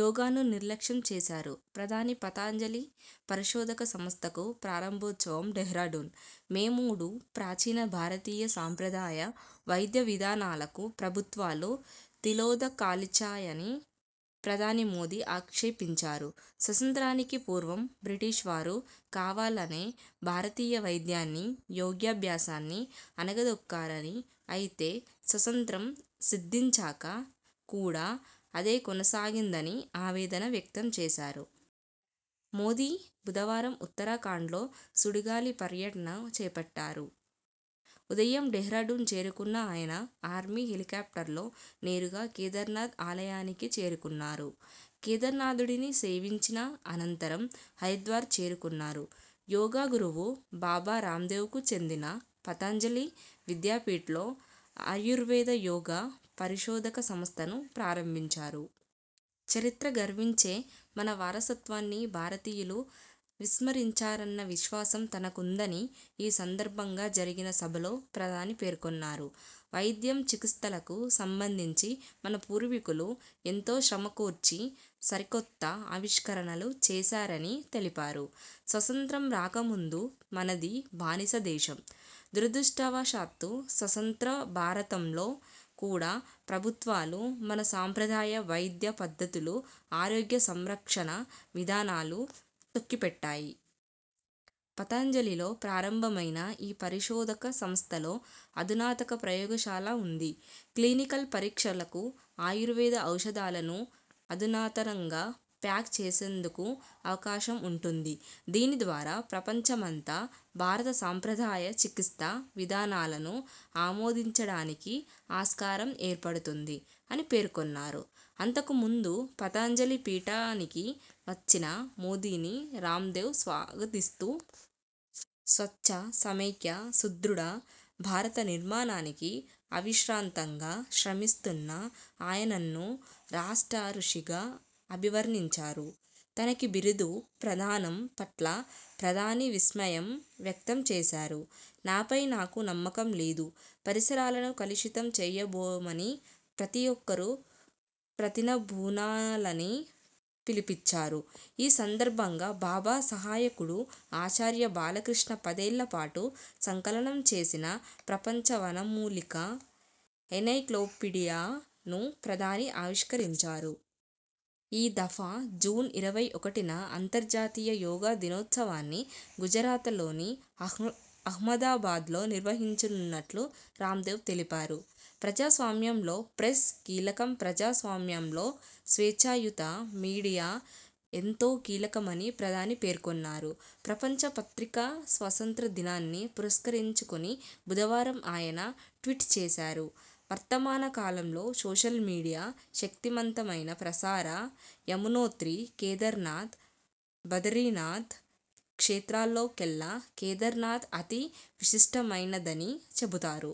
యోగానూ నిర్లక్ష్యం చేశారు ప్రధాని పతంజలి పరిశోధక సంస్థకు ప్రారంభోత్సవం డెహ్రాడూన్, మే మూడు ప్రాచీన భారతీయ సంప్రదాయ వైద్య విధానాలకు ప్రభుత్వాలు తిలోదకాలిచ్చాయని ప్రధాని మోదీ ఆక్షేపించారు. స్వాతంత్ర్యానికి పూర్వం బ్రిటీష్ వారు కావాలనే భారతీయ వైద్యాన్ని, యోగాభ్యాసాన్ని అణగదొక్కారని, అయితే స్వాతంత్య్రం సిద్ధించాక కూడా అదే కొనసాగిందని ఆవేదన వ్యక్తంచేశారు. మోదీ బుధవారం ఉత్తరాఖండ్లో సుడిగాలి పర్యటన చేపట్టారు. ఉదయం డెహ్రాడూన్ చేరుకున్న ఆయన ఆర్మీ హెలికాప్టర్లో నేరుగా కేదారనాథ్ ఆలయానికి చేరుకున్నారు. కేదారనాథుడిని సేవించిన అనంతరం హరిద్వార్ చేరుకున్నారు. యోగా గురువు బాబా రామ్దేవ్ కు చెందిన పతంజలి విద్యాపీఠ్లో ఆయుర్వేద యోగా పరిశోధక సంస్థను ప్రారంభించారు. చరిత్ర గర్వించే మన వారసత్వాన్ని భారతీయులు విస్మరించరన్న విశ్వాసం తనకుందని ఈ సందర్భంగా జరిగిన సభలో ప్రధాని పేర్కొన్నారు. వైద్యం, చికిత్సలకు సంబధించి మన పూర్వీకులు ఎంతో శ్రమకోర్చి సరికొత్త ఆవిష్కరణలు చేశారని తెలిపారు. 'స్వాతంత్య్రం రాకముందు మనది బానిస దేశం. దురదృష్టవశాత్తు స్వతంత్ర భారతంలో కూడా ప్రభుత్వాలు మన సంప్రదాయ వైద్య పద్ధతులు, ఆరోగ్య సంరక్షణ విధానాలను తొక్కిపెట్టాయి. పతంజలిలో ప్రారంభమైన ఈ పరిశోధక సంస్థలో అధునాతన ప్రయోగశాల ఉంది. క్లినికల్ పరీక్షలకు, ఆయుర్వేద ఔషధాలను అధునాతనంగా ప్యాక్ చేసేందుకు అవకాశం ఉంటుంది. దీనిద్వారా ప్రపంచమంతా భారత సంప్రదాయ చికిత్స విధానాలను ఆమోదించడానికి ఆస్కారం ఏర్పడుతుంది' అని పేర్కొన్నారు. అంతకుముందు పతంజలి పీఠానికి వచ్చిన మోదీని రామ్దేవ్ స్వాగతిస్తూ.. స్వచ్ఛ, సమైక్య, సుదృఢ భారత నిర్మాణానికి అవిశ్రాంతంగా శ్రమిస్తున్న ఆయనన్ను 'రాష్ట్ర రుషి'గా అభివర్ణించారు. తనకీ బిరుదు ప్రదానం పట్ల ప్రధాని విస్మయం వ్యక్తంచేశారు. నాపై నాకు నమ్మకం లేదు. పరిసరాలను కలుషితం చేయబోమని ప్రతి ఒక్కరూ ప్రతినబూనాలని పిలుపిచ్చారు. ఈ సందర్భంగా బాబా సహాయకుడు ఆచార్య బాలకృష్ణ పదేళ్లపాటు సంకలనం చేసిన 'ప్రపంచ వనమూలిక ఎన్సైక్లోపిడియా'ను ప్రధాని ఆవిష్కరించారు. ఈ దఫా జూన్ ఇరవై ఒకటిన అంతర్జాతీయ యోగా దినోత్సవాన్ని గుజరాతలోని అహ్మదాబాద్లో నిర్వహించనున్నట్లు రాందేవ్ తెలిపారు. ప్రజాస్వామ్యంలో 'ప్రెస్' కీలకంప్రజాస్వామ్యంలో స్వేచ్ఛాయుత మీడియా ఎంతో కీలకమని ప్రధాని పేర్కొన్నారు. ప్రపంచ పత్రికా స్వాతంత్య్ర దినాన్ని పురస్కరించుకుని బుధవారం ఆయన ట్వీట్ చేశారు. వర్తమాన కాలంలో సోషల్ మీడియా శక్తిమంతమైన ప్రసార, యమునోత్రి, కేదారనాథ్, బదరీనాథ్ క్షేత్రాల్లోకెల్లా కేదారనాథ్ అతి విశిష్టమైనదని చెబుతారు.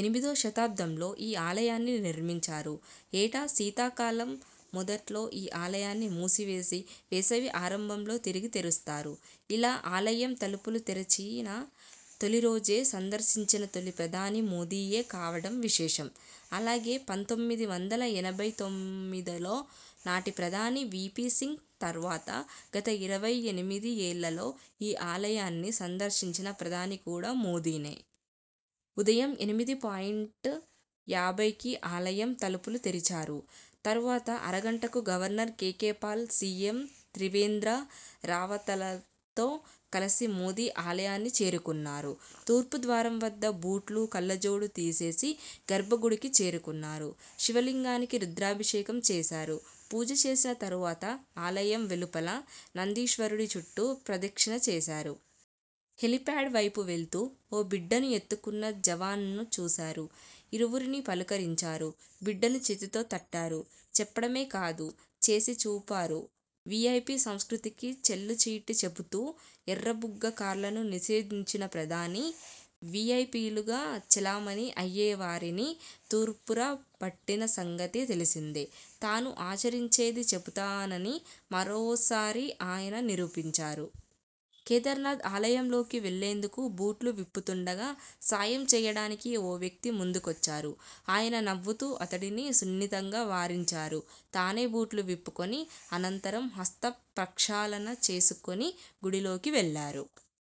ఎనిమిదో శతాబ్దంలో ఈ ఆలయాన్ని నిర్మించారు. ఏటా శీతాకాలం మొదట్లో ఈ ఆలయాన్ని మూసివేసి.. వేసవి ఆరంభంలో తిరిగి తెరుస్తారు. ఇలా ఆల యం తలుపులు తెరచిన తొలి రోజే సందర్శించిన తొలి ప్రధాని మోదీయే కావడం విశేషం. అలాగే పంతొమ్మిది వందల ఎనభై తొమ్మిదిలో నాటి ప్రధాని వీపీ సింగ్ తర్వాత గత ఇరవై ఎనిమిది ఏళ్లలో ఈ ఆలయా న్ని సందర్శించిన ప్రధాని కూడా మోదీనే. ఉదయం ఎనిమిది పాయింట్ యాభైకి ఆలయం తలుపులు తెరిచారు. తర్వాత అరగంటకు governor KK Paul, CM Trivendra రావతలతో కలిసి మోదీ ఆలయానికి చేరుకున్నారు. తూర్పు ద్వారం వద్ద బూట్లు, కళ్లజోడు తీసేసి.. గర్భగుడికి చేరుకున్నారు. శివలింగానికి రుద్రాభిషేకం చేశారు. పూజ చేసిన తర్వాత ఆలయం వెలుపల నందీశ్వరుడి చుట్టూ ప్రదక్షిణ చేశా రు. హెలిప్యాడ్ వైపు వెళ్తూ.. ఓ బిడ్డను ఎత్తుకున్న జవాన్ను చూశారు. ఇరువురినీ పలుకరించారు. బిడ్డను చేతితో తట్టారు. చెప్పడమే కాదు.. చేసిచూపారువీఐపీ సంస్కృతికి చెల్లుచీటీ చెబుతూ ఎర్రబుగ్గ కార్లను నిషేధించిన ప్రధాని.. వీఐపీలుగా చలామణి అయ్యేవారిని తూర్పారబట్టిన సంగతి తెలిసిందే. తాను ఆచరించేదే చెబుతానని మరోసారి ఆయన నిరూపించారు. కేదారనాథ్ ఆలయంలోకి వెళ్లేందుకు బూట్లు విప్పుతుండగా.. సాయం చేయడానికి ఓ వ్యక్తి ముందుకొచ్చారు. ఆయన నవ్వుతూ అతడిని సున్నితంగా వారించారు. తానే బూట్లు విప్పుకొని.. అనంతరం హస్త ప్రక్షాళన చేసుకుని గుడిలోకి వెళ్లారు.